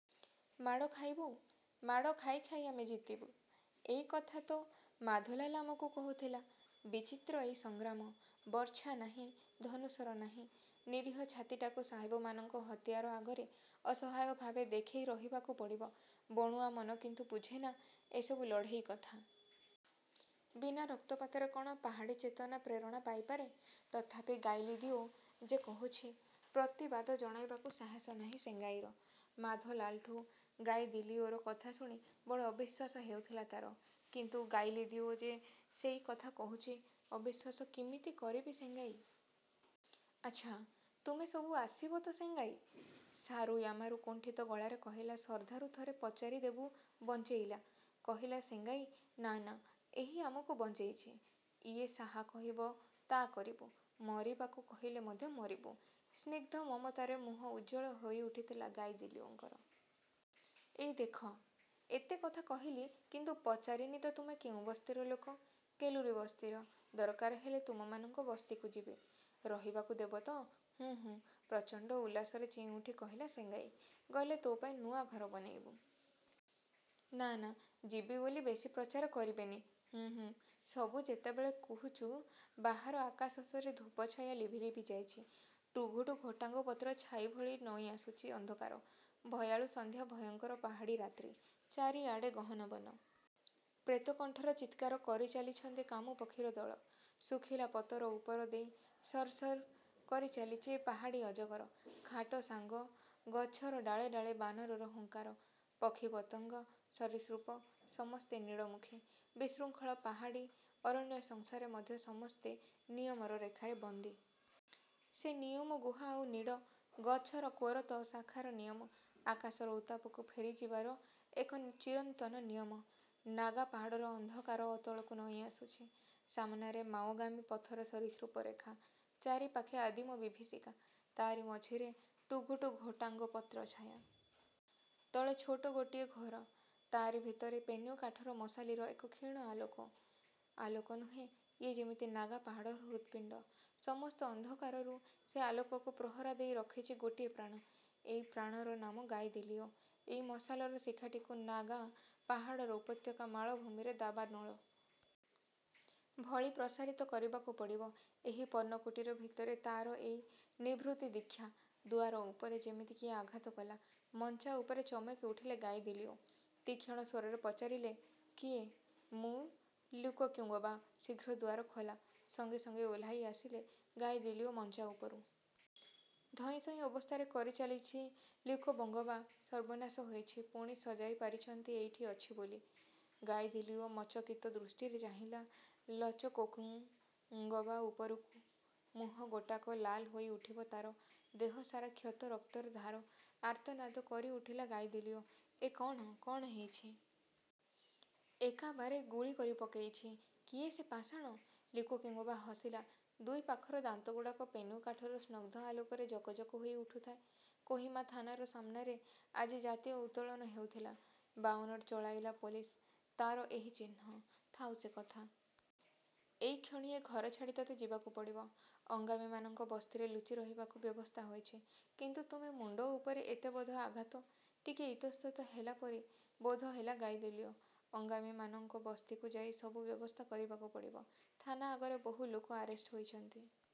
ମାଡ଼ ଖାଇବୁ, ମାଡ଼ ଖାଇ ଖାଇ ଆମେ ଜିତିବୁ। –ଏଇ କଥା ତ ମାଧୋଲାଲ ଆମକୁ କହୁଥିଲା। ବିଚିତ୍ର ଏଇ ସଂଗ୍ରାମ। ବର୍ଚ୍ଛା ନାହିଁ, ଧନୁଶର ନାହିଁ। ନିରୀହ ଛାତିଟାକୁ ସାହେବମାନଙ୍କ ହତିଆର ଆଗରେ ଅସହାୟ ଭାବେ ଦେଖେଇ ରହିବାକୁ ପଡ଼ିବ। ବଣୁଆ ମନ କିନ୍ତୁ ବୁଝେନା ଏସବୁ ଲଢ଼େଇ କଥା। ବିନା ରକ୍ତପାତରେ କ'ଣ ପାହାଡ଼ୀ ଚେତନା ପ୍ରେରଣା ପାଇପାରେ? ତଥାପି ଗାଇଲିଦିଓ ଯେ କହୁଚି। ପ୍ରତିବାଦ ଜଣାଇବାକୁ ସାହସ ନାହିଁ ସେଙ୍ଗାଇର। ମାଧୋଲାଲଠୁ ଗାଇଦିଲିଓର କଥା ଶୁଣି ବଡ଼ ଅବିଶ୍ୱାସ ହେଉଥିଲା ତାର! କିନ୍ତୁ ଗାଇଲିଦିଓ ଯେ ସେଇ କଥା କହୁଚି। ଅବିଶ୍ୱାସ କିମିତି କରିବି ସେଙ୍ଗାଇ। –ଆଚ୍ଛା, ତୁମେସବୁ ଆସିବ ତ ସେଙ୍ଗାଇ। ସାରୁୟାମାରୁ କୁଣ୍ଠିତ ଗଳାରେ କହିଲା-ସର୍ଦ୍ଦାରୁ ଥରେ ପଚାରିଦେବୁ ବଞ୍ଚେଇଲା। କହିଲା ସେଙ୍ଗାଇ। –ନା, ନା; ଏହି ଆମକୁ ବଞ୍ଚେଇଚି। ଇୟେ ସାହା କହିବ ତା କରିବୁ। ମରିବାକୁ କହିଲେ ମଧ୍ୟ ମରିବୁ। ସ୍ନିଗ୍ଧ ମମତାରେ ମୁହଁ ଉଜ୍ଜ୍ୱଳ ହୋଉଠିଥିଲା ଗାଇଦିଲିଓଙ୍କର। ଏଇ ଦେଖ ଏତେ କଥା କହିଲି, କିନ୍ତୁ ପଚାରିନି ତ ତୁମେ କେଉଁ ବସ୍ତିର ଲୋକ। –କେଲୁରୀ ବସ୍ତିର। –ଦରକାର ହେଲେ ତୁମମାନଙ୍କ ବସ୍ତିକୁ ଯିବି। ରହିବାକୁ ଦେବ ତ। –''ହୁଁ ହୁଁ''। ପ୍ରଚଣ୍ଡ ଉଲ୍ଲାସରେ ଚେଇଁଉଠି କହିଲା ସେଙ୍ଗାଇ। ଗଲେ ତୋ ପାଇଁ ନୂଆ ଘର ବନେଇବୁ। –ନା, ନା, ଯିବି ବୋଲି ବେଶି ପ୍ରଚାର କରିବେନି। –ହୁଁ, ହୁଁ, ସବୁ ଯେତେବେଳେ କୁହୁଚୁ ବାହାର ଆକାଶଶରେ ଧୂପଛାୟା ଲିଭି ଲିଭି ଯାଇଚି। ଟୁଘୁଟୁ ଘୋଟାଙ୍ଗ ପତ୍ର ଛାଇ ଭଳି ନୁଇଁଆସୁଚି ଅନ୍ଧକାର। ଭୟାଳୁ ସନ୍ଧ୍ୟା ଭୟଙ୍କର ପାହାଡ଼ୀ ରାତ୍ରୀ। ଚାରିଆଡ଼େ ଗହନ ବନ। ପ୍ରେତକଣ୍ଠର ଚିତ୍କାର କରିଚାଲିଛନ୍ତି କାମୁ ପକ୍ଷୀର ଦଳ। ଶୁଖିଲା ପତର ଉପର ଦେଇ ସର୍ ସର୍ କରି ଚାଲିଚି ପାହାଡ଼ୀ ଅଜଗର। ଖାଟସାଙ୍ଗ ଗ ଛର ଡ଼ାଳେ ଡ଼ାଳେ ବାନରର ହୁଙ୍କାର। ପକ୍ଷୀ, ପତଙ୍ଗ, ସରୀସୃପ ସମସ୍ତେ ନୀଡ଼ମୁଖୀ। ବିଶୃଙ୍ଖଳ ପାହାଡ଼ୀ ଅରଣ୍ୟସଂସାରେ ମଧ୍ୟ ସମସ୍ତେ ନିୟମର ରେଖାରେ ବନ୍ଦୀ। ସେ ନିୟମ ଗୁହା ଆଉ ନୀଡ଼, ଗଛର କୋରତ, ଶାଖାର ନିୟମ। ଆକାଶର ଉତ୍ତାପକୁ ଫେରିଯିବାର ଏକ ଚିରନ୍ତନ ନିୟମ। ନାଗା ପାହାଡ଼ର ଅନ୍ଧକାର ଅତଳକୁ ନଇଁଆସୁଚି। ସାମନାରେ ମାଓଗାମୀ ପଥର ସରୀସୃପ ରେଖା। ଚାରିପାଖେ ଆଦିମ ବିଭୀଷିକା। ତା'ରି ମଝିରେ ଟୁଘୁଟୁ ଘୋଟାଙ୍ଗ ପତ୍ର ଛାୟା-। ତଳେ ଛୋଟ ଗୋଟିଏ ଘର। ତା'ରି ଭିତରେ ପେନ୍ୟୁ କାଠର ମଶାଲିର ଏକ କ୍ଷୀଶ ଆଲୋକ-। ଆଲୋକ ନୁହେଁ, ଇଏ ଯେମିତି ନାଗା ପାହାଡ଼ର ହୃତ୍ପିଣ୍ଡ। ସମସ୍ତ ଅନ୍ଧକାରରୁ ସେ ଆଲୋକକୁ ପ୍ରହରା ଦେଇ ରଖିଚି ଗୋଟିଏ ପ୍ରାଣ। ଏଇ ପ୍ରାଣର ନାମ ଗାଇଦିଲିଓ। ଏଇ ମଶାଲର ଶିଖାଟିକୁ ନାଗା ପାହାଡ଼ର ଉପତ୍ୟକା ମାଳଭୂମିରେ ଦାବାନଳ। ଭଳି ପ୍ରସାରିତ କରିବାକୁ ପଡ଼ିବ। ଏହି ପର୍ଣ୍ଣକୁଟୀର ଭିତରେ ତା'ର ଏଇ ନିଭୃତି ଦୀକ୍ଷା। ଦୁଆର ଉପରେ ଯେମିତି କିଏ ଆଘାତ କଲା। ମଞ୍ଚାଉପରେ ଚମକି ଉଠିଲେ ଗାଇଦିଲିଓ। ତୀକ୍ଷଣ ସ୍ୱରରେ ପଚାରିଲେ, କିଏ? ମୁଁ ଲୁକୋକ୍ୟୁଙ୍ଗବା। ଶୀଘ୍ର ଦୁଆର ଖୋଲା। ସଙ୍ଗେ ସଙ୍ଗେ ଓହ୍ଲାଇ ଆସିଲେ ଗାଇଦିଲିଓ ମଞ୍ଚା ଉପରୁ। ଧଇଁ ସଇଁ ଅବସ୍ଥାରେ କରିଚାଲିଚି ଲୁକ୍ୟୋବଙ୍ଗବା। ସର୍ବନାଶ ହୋଇଚି। ପୁଣି ସଜାଈିପାରିଚନ୍ତି ଏଇଠି ଅଛି ବୋଲି। ଗାଇଦିଲିଓ ମଚକିତ ଦୃଷ୍ଟିରେ ଚାହିଁଲା ଲଚକୋକ୍ୟୁଙ୍ଗବା ଉପରକୁ। ମୁହଁ ଗୋଟାକ ଲାଲ ହୋଇଉଠିବ ତାର। ଦେହ ସାରା କ୍ଷତ ରକ୍ତର ଧାର। ଆର୍ତ୍ତନାଦ କରିଉଠିଲା ଗାଇଦିଲିଓ। ଏ କ'ଣ, କ'ଣ ହେଇଚି? ଏକାବାରେ ଗୁଳିକରି ପକେଇଚି। କିଏ ସେ ପାଷାଣ? ଲୁକୋକ୍ୟୁଙ୍ଗବା ହସିଲା। ଦୁଇ ପାଖର ଦାନ୍ତଗୁଡ଼ାକ ପେନ୍ୟୁ କାଠର ସ୍ନଗ୍ଧ ଆଲୋକରେ ଜକ ଜକ ହୋଇ ଉଠୁଥାଏ। କୋହିମା ଥାନାର ସାମନାରେ ଆଜି ଜାତୀୟ ଉତ୍ତୋଳନ ହେଉଥିଲା। ବାଓନଟ ଚଳାଇଲା ପୋଲିସ। ତାର ଏହି ଚିହ୍ନ। ଥାଉ ସେ କଥା। ଏଇକ୍ଷଣି ଏ ଘର ଛାଡ଼ି ତତେ ଯିବାକୁ ପଡ଼ିବ। ଅଙ୍ଗାମିମାନଙ୍କ ବସ୍ତିରେ ଲୁଚିରହିବାକୁ ବ୍ୟବସ୍ଥା ହୋଇଚି। –କିନ୍ତୁ ତୁମେ ମୁଣ୍ଡ ଉପରେ ଏତେବଧ ଆଘାତ! ଟିକିଏ ଇତସ୍ତତଃ ହେଲା ପରି ବୋଧହେଲା ଗାଇଦିଲିଓ। –ଅଙ୍ଗାମିମାନଙ୍କ ବସ୍ତିକୁ ଯାଇ ସବୁ ବ୍ୟବସ୍ଥା କରିବାକୁ ପଡ଼ିବ। ଥାନା ଆଗରେ ବହୁ ଲୋକ ଆରେଷ୍ଟ ହୋଇଛନ୍ତି।